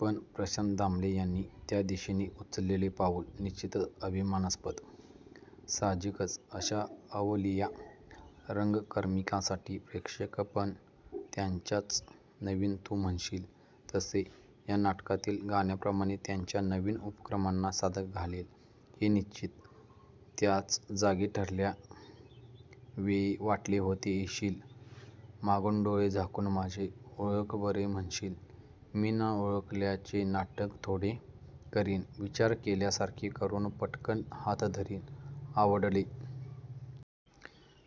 पण प्रशांत दामले यांनी त्या दिशेने उचललेले पाऊल निश्चितच अभिमानास्पद. साहजिकच अशा अवलिया रंगकर्मीका साठी प्रेक्षकपण त्यांच्याच नवीन तू म्हणशील तसे या नाटकातील गाण्याप्रमाणे त्यांच्या नवीन उपक्रमांना साद घालेल हे निश्चित. त्याच जागी ठरल्या वेळी वाटले होते येशील, मागून डोळे झाकून माझे ओळख बरे म्हणशील, मी ना ओळखल्याचे नाटक थोडे करीन, विचार केल्यासारखे करून पटकन हात धरीन, आवडले.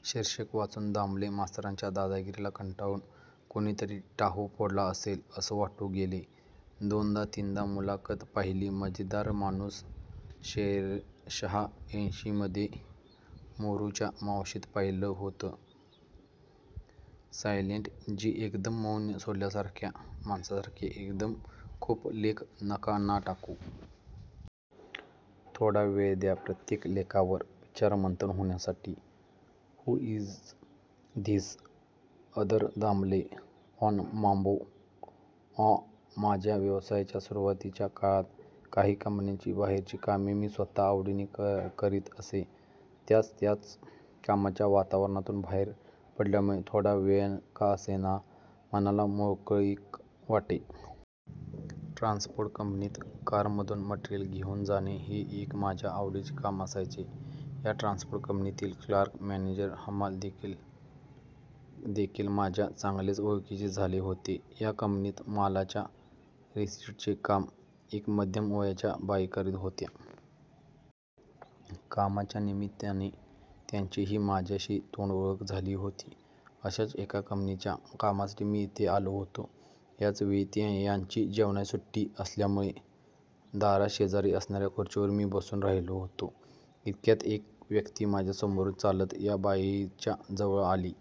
शीर्षक वाचून दामले मास्तरांच्या दादागिरीला कंटाळून कुणीतरी टाहो फोडला असेल असं वाटून गेलं. दोनदा तीनदा मुलाखत पाहिली. मजेदार माणूस. शेर शहाऐंशीमध्ये मोरूच्या मावशीत पाहिलं होतं. सायलेंट जी एकदम मौन सोडल्यासारख्या माणसासारखे एकदमच खूप लेख नका ना टाकू. थोडा वेळ द्या प्रत्येक लेखावर विचार मंथन होण्यासाठी. Who is this other Damle on माबो? आँ! माझ्या व्यवसायाच्या सुरुवातीच्या काळात, काही कंपनीची बाहेरची कामे मी स्वतः आवडीने कर करीत असे. त्याच त्याच कामाच्या वातावरणातून बाहेर पडल्यामुळे, थोडा वेळ का असेना, मनाला मोकळीक वाटे. ट्रान्सपोर्ट कंपनीत कारमधून मटेरियल घेऊन जाणे, हे एक माझ्या आवडीचे काम असायचे. या ट्रान्सपोर्ट कंपनीतील क्लार्क, मॅनेजर, हमाल देखील देखील माझ्या चांगलेच ओळखीचे झाले होते. या कंपनीत मालाच्या रिसीटचे काम, एक मध्यम वयाच्या बाई करीत होत्या. कामाच्या निमित्ताने त्यांची ही माझ्याशी तोंडओळख झाली होती. अशाच एका कंपनीच्या कामासाठी मी इथे आलो होतो. याच वेळी यांची जेवणाची सुट्टी असल्यामुळे दाराशेजारी असणाऱ्या खुर्चीवर मी बसून राहिलो होतो. इतक्यात एक व्यक्ती माझ्या समोरूनच चालत या बाईंच्या जवळ आली.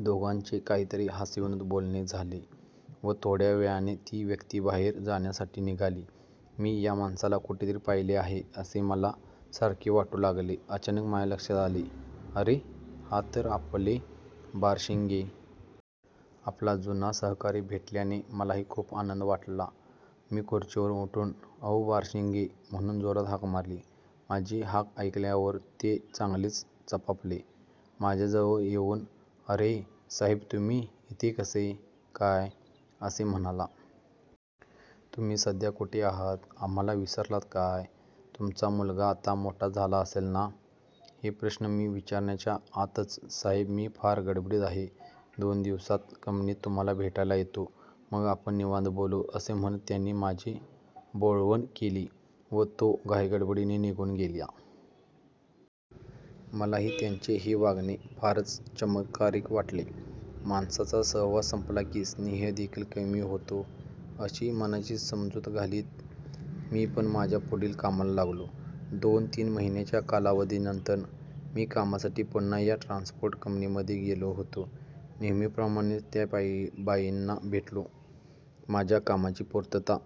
दोघांचे काहीतरी हास्यविनोदी बोलणे झाले व थोड्या वेळाने ती व्यक्ती बाहेर जाण्यासाठी निघाली. मी या माणसाला कुठेतरी पाहिले आहे असे मला सारखे वाटू लागले. अचानक माझ्या लक्षात आले, अरे! हा तर आपले बारशिंगे. आपला जुना सहकारी भेटल्याने मलाही खूप आनंद वाटलं. मी खुर्चीवरून उठून, अहो बारशिंगे, म्हणून जोरात हाक मारली. माझी हाक ऐकल्यावर ते चांगलेच चपापले. माझ्याजवळ येऊन, अरे! साहेब तुम्ही इथे कसे काय? असे म्हणाला. तुम्ही सध्या कुठे आहात, आम्हाला विसरलात काय? तुमचा मुलगा आता मोठा झाला असेल ना? हे प्रश्न मी विचारण्याच्या आतच, साहेब मी फार गडबडीत आहे, दोन दिवसांत कंपनीत तुम्हाला भेटायला येतो, मग आपण निवांत बोलू, असे म्हणत त्यांनी माझी बोळवण केली व तो घाईगडबडीने निघून गेला. मलाही त्यांचे हे वागणे फारच चमत्कारिक वाटले. माणसाचा सहवास संपला की स्नेहदेखील कमी होतो अशी मनाची समजूत घालीत मी पण माझ्या पुढील कामाला लागलो. दोन-तीन महिन्यांच्या कालावधीनंतर मी कामासाठी पुन्हा या ट्रान्सपोर्ट कंपनीमध्ये गेलो होतो. नेहमीप्रमाणेच त्या बाई बाईंना भेटलो, माझ्या कामाची पूर्तता